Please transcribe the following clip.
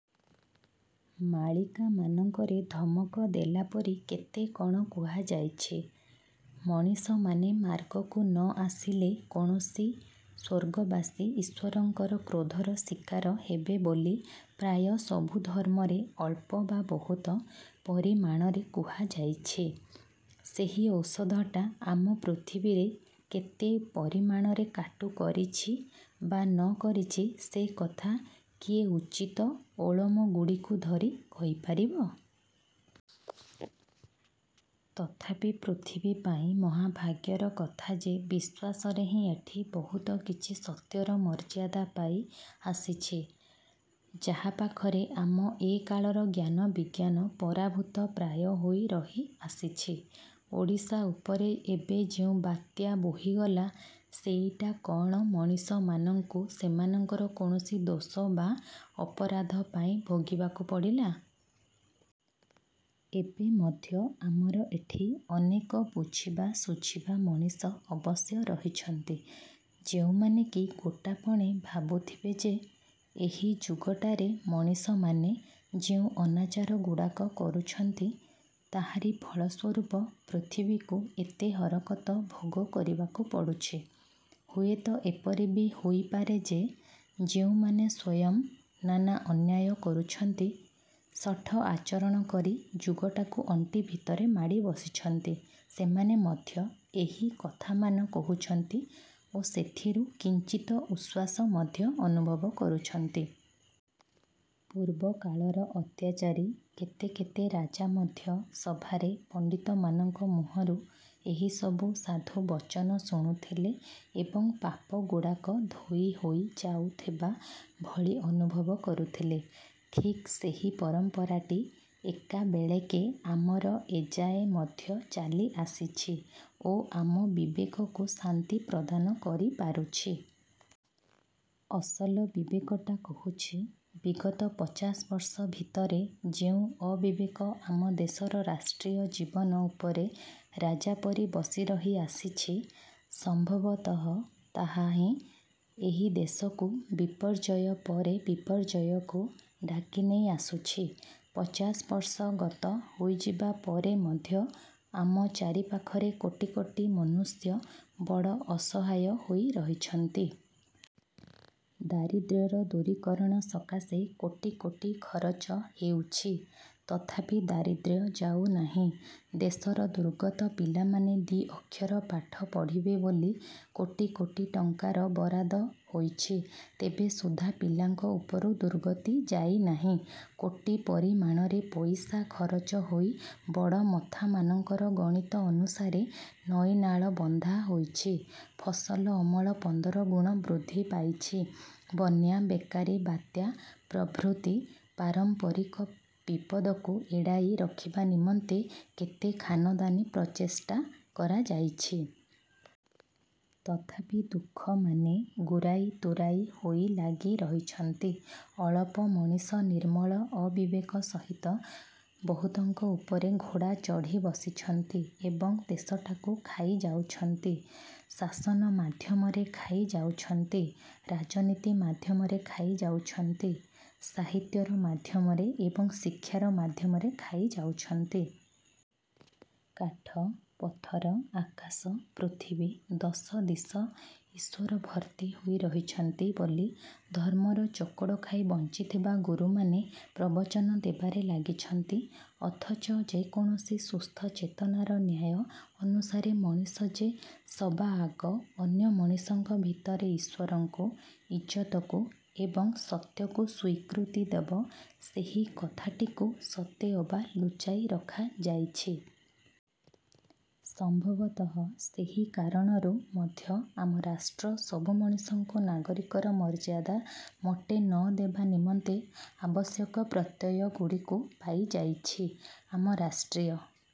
ମାଳିକାମାନଙ୍କରେ ଧମକ ଦେଲାପରି କେତେ କଣ କୁହାଯାଇଛି। ମଣିଷମାନେ ମାର୍ଗକୁ ନ ଆସିଲେ କୌଣସି ସ୍ୱର୍ଗବାସୀ ଈଶ୍ୱରଙ୍କର କ୍ରୋଧର ଶିକାର ହେବେ ବୋଲି ପ୍ରାୟ ସବୁ ଧର୍ମରେ ଅଳ୍ପ ବା ବହୁତ ପରିମାଣରେ କୁହାଯାଇଛି। ସେହି ଔଷଧଟା ଆମ ପୃଥିବୀରେ କେତେ ପରିମାଣରେ କାଟୁ କରିଛି ବା ନ କରିଛି ସେକଥା କିଏ ଉଚିତ ଓଳମଗୁଡ଼ିକୁ ଧରି କହିପାରିବ? ତଥାପି ପୃଥିବୀ ପାଇଁ ମହାଭାଗ୍ୟର କଥା ଯେ ବିଶ୍ୱାସରେ ହିଁ ଏଠି ବହୁତ କିଛି ସତ୍ୟର ମର୍ଯ୍ୟାଦା ପାଇ ଆସିଛି, ଯାହା ପାଖରେ ଆମ ଏକାଳର ଜ୍ଞାନବିଜ୍ଞାନ ପରାଭୂତ ପ୍ରାୟ ହୋଇ ରହି ଆସିଛି। ଓଡ଼ିଶା ଉପରେ ଏବେ ଯେଉଁ ବାତ୍ୟା ବୋହିଗଲା, ସେଇଟା କଣ ମଣିଷମାନଙ୍କୁ ସେମାନଙ୍କର କୌଣସି ଦୋଷ ବା ଅପରାଧ ପାଇଁ ଭୋଗିବାକୁ ପଡ଼ିଲା? ଏବେ ମଧ୍ୟ ଆମର ଏଠି ଅନେକ ବୁଝିବା ଶୁଝିବା ମଣିଷ ଅବଶ୍ୟ ରହିଛନ୍ତି, ଯେଉଁମାନେ କି ଗୋଟାପଣେ ଭାବୁଥିବେ ଯେ, ଏହି ଯୁଗଟାରେ ମଣିଷମାନେ ଯେଉଁ ଅନାଚାରଗୁଡ଼ାକ କରୁଛନ୍ତି, ତାହାରି ଫଳସ୍ୱରୂପ ପୃଥିବୀକୁ ଏତେ ହରକତ ଭୋଗ କରିବାକୁ ପଡୁଛି। ହୁଏତ ଏପରି ବି ହୋଇପାରେ ଯେ, ଯେଉଁମାନେ ସ୍ୱୟଂ ନାନା ଅନ୍ୟାୟ କରୁଛନ୍ତି, ଶଠ ଆଚରଣ କରି ଯୁଗଟାକୁ ଅଣ୍ଟି ଭିତରେ ମାଡ଼ି ବସିଛନ୍ତି, ସେମାନେ ମଧ୍ୟ ଏହି କଥାମାନ କହୁଛନ୍ତି ଓ ସେଥିରୁ କିଞ୍ଚିତ ଉଶ୍ୱାସ ମଧ୍ୟ ଅନୁଭବ କରୁଛନ୍ତି। ପୂର୍ବକାଳର ଅତ୍ୟାଚାରୀ କେତେ କେତେ ରାଜା ମଧ୍ୟ ସଭାରେ ପଣ୍ଡିତମାନଙ୍କ ମୁହଁରୁ ଏହିସବୁ ସାଧୁବଚନ ଶୁଣୁଥିଲେ ଏବଂ ପାପଗୁଡ଼ାକ ଧୋଇ ହୋଇ ଯାଉଥିବା ଭଳି ଅନୁଭବ କରୁଥିଲେ। ଠିକ୍ ସେହି ପରମ୍ପରାଟି ଏକାବେଳେକେ ଆମର ଏଯାଏ ମଧ୍ୟ ଚାଲିଆସିଛି ଓ ଆମ ବିବେକକୁ ଶାନ୍ତି ପ୍ରଦାନ କରିପାରୁଛି। ଅସଲ ବିବେକଟା କହୁଛି, ବିଗତ ପଚାଶ ବର୍ଷ ଭିତରେ ଯେଉଁ ଅବିବେକ ଆମ ଦେଶର ରାଷ୍ଟ୍ରୀୟ ଜୀବନ ଉପରେ ରାଜା ପରି ବସିରହି ଆସିଛି, ସମ୍ଭବତଃ ତାହା ହିଁ ଏହି ଦେଶକୁ ବିପର୍ଯ୍ୟୟ ପରେ ବିପର୍ଯ୍ୟୟକୁ ଡାକିନେଇ ଆସୁଛି। ପଚାଶ ବର୍ଷ ଗତ ହୋଇଯିବା ପରେ ମଧ୍ୟ ଆମ ଚାରିପାଖରେ କୋଟି କୋଟି ମନୁଷ୍ୟ ବଡ଼ ଅସହାୟ ହୋଇ ରହିଛନ୍ତି। ଦାରିଦ୍ର୍ୟର ଦୂରୀକରଣ ସକାଶେ କୋଟି କୋଟି ଖରଚ ହେଉଛି, ତଥାପି ଦାରିଦ୍ର୍ୟ ଯାଉନାହିଁ। ଦେଶର ଦୁର୍ଗତ ପିଲାମାନେ ଦି ଅକ୍ଷର ପାଠ ପଢ଼ିବେ ବୋଲି କୋଟି କୋଟି ଟଙ୍କାର ବରାଦ ହୋଇଛି ତେବେ ସୁଦ୍ଧା ପିଲାଙ୍କ ଉପରୁ ଦୁର୍ଗତି ଯାଇନାହିଁ। କୋଟି ପରିମାଣରେ ପଇସା ଖରଚ ହୋଇ ବଡ଼ମଥାମାନଙ୍କର ଗଣିତ ଅନୁସାରେ ନଈ ନାଳ ବନ୍ଧା ହୋଇଛି, ଫସଲ ଅମଳ ପନ୍ଦରଗୁଣ ବୃଦ୍ଧି ପାଇଛି, ବନ୍ୟା, ବେକାରୀ, ବାତ୍ୟା ପ୍ରଭୃତି ପାରମ୍ପରିକ ବିପଦକୁ ଏଡ଼ାଇ ରଖିବା ନିମନ୍ତେ କେତେ ଖାନଦାନୀ ପ୍ରଚେଷ୍ଟା କରାଯାଇଛି। ତଥାପି ଦୁଃଖମାନେ ଗୁରାଇ ତୁରାଇ ହୋଇ ଲାଗି ରହିଛନ୍ତି। ଅଳପ ମଣିଷ ନିର୍ମଳ ଅବିବେକ ସହିତ ବହୁତଙ୍କ ଉପରେ ଘୋଡ଼ା ଚଢ଼ି ବସିଛନ୍ତି ଏବଂ ଦେଶଟାକୁ ଖାଇଯାଉଛନ୍ତି। ଶାସନ ମାଧ୍ୟମରେ ଖାଇ ଯାଉଛନ୍ତି, ରାଜନୀତି ମାଧ୍ୟମରେ ଖାଇ ଯାଉଛନ୍ତି, ସାହିତ୍ୟର ମାଧ୍ୟମରେ ଏବଂ ଶିକ୍ଷାର ମାଧ୍ୟମରେ ଖାଇ ଯାଉଛନ୍ତି। କାଠ, ପଥର, ଆକାଶ, ପୃଥିବୀ ଦଶଦିଶ ଈଶ୍ୱର ଭର୍ତ୍ତି ହୋଇ ରହିଛନ୍ତି ବୋଲି ଧର୍ମର ଚୋକଡ଼ ଖାଇ ବଞ୍ଚିଥିବା ଗୁରୁମାନେ ପ୍ରବଚନ ଦେବାରେ ଲାଗିଛନ୍ତି ଅଥଚ ଯେକୌଣସି ସୁସ୍ଥ ଚେତନାର ନ୍ୟାୟ ଅନୁସାରେ ମଣିଷ ଯେ ସବାଆଗ ଅନ୍ୟ ମଣିଷଙ୍କ ଭିତରେ ଈଶ୍ୱରଙ୍କୁ, ଇଜ୍ଜତକୁ ଏବଂ ସତ୍ୟକୁ ସ୍ୱୀକୃତି ଦେବ, ସେହି କଥାଟିକୁ ସତେ ଅବା ଲୁଚାଇ ରଖାଯାଇଛି। ସମ୍ଭବତଃ ସେହି କାରଣରୁ ମଧ୍ୟ ଆମ ରାଷ୍ଟ୍ର ସବୁ ମଣିଷଙ୍କୁ ନାଗରିକର ମର୍ଯ୍ୟାଦା ମୋଟେ ନ ଦେବା ନିମନ୍ତେ ଆବଶ୍ୟକ ପ୍ରତ୍ୟୟଗୁଡ଼ିକୁ ପାଇଯାଇଛି। ଆମ ରାଷ୍ଟ୍ରୀୟ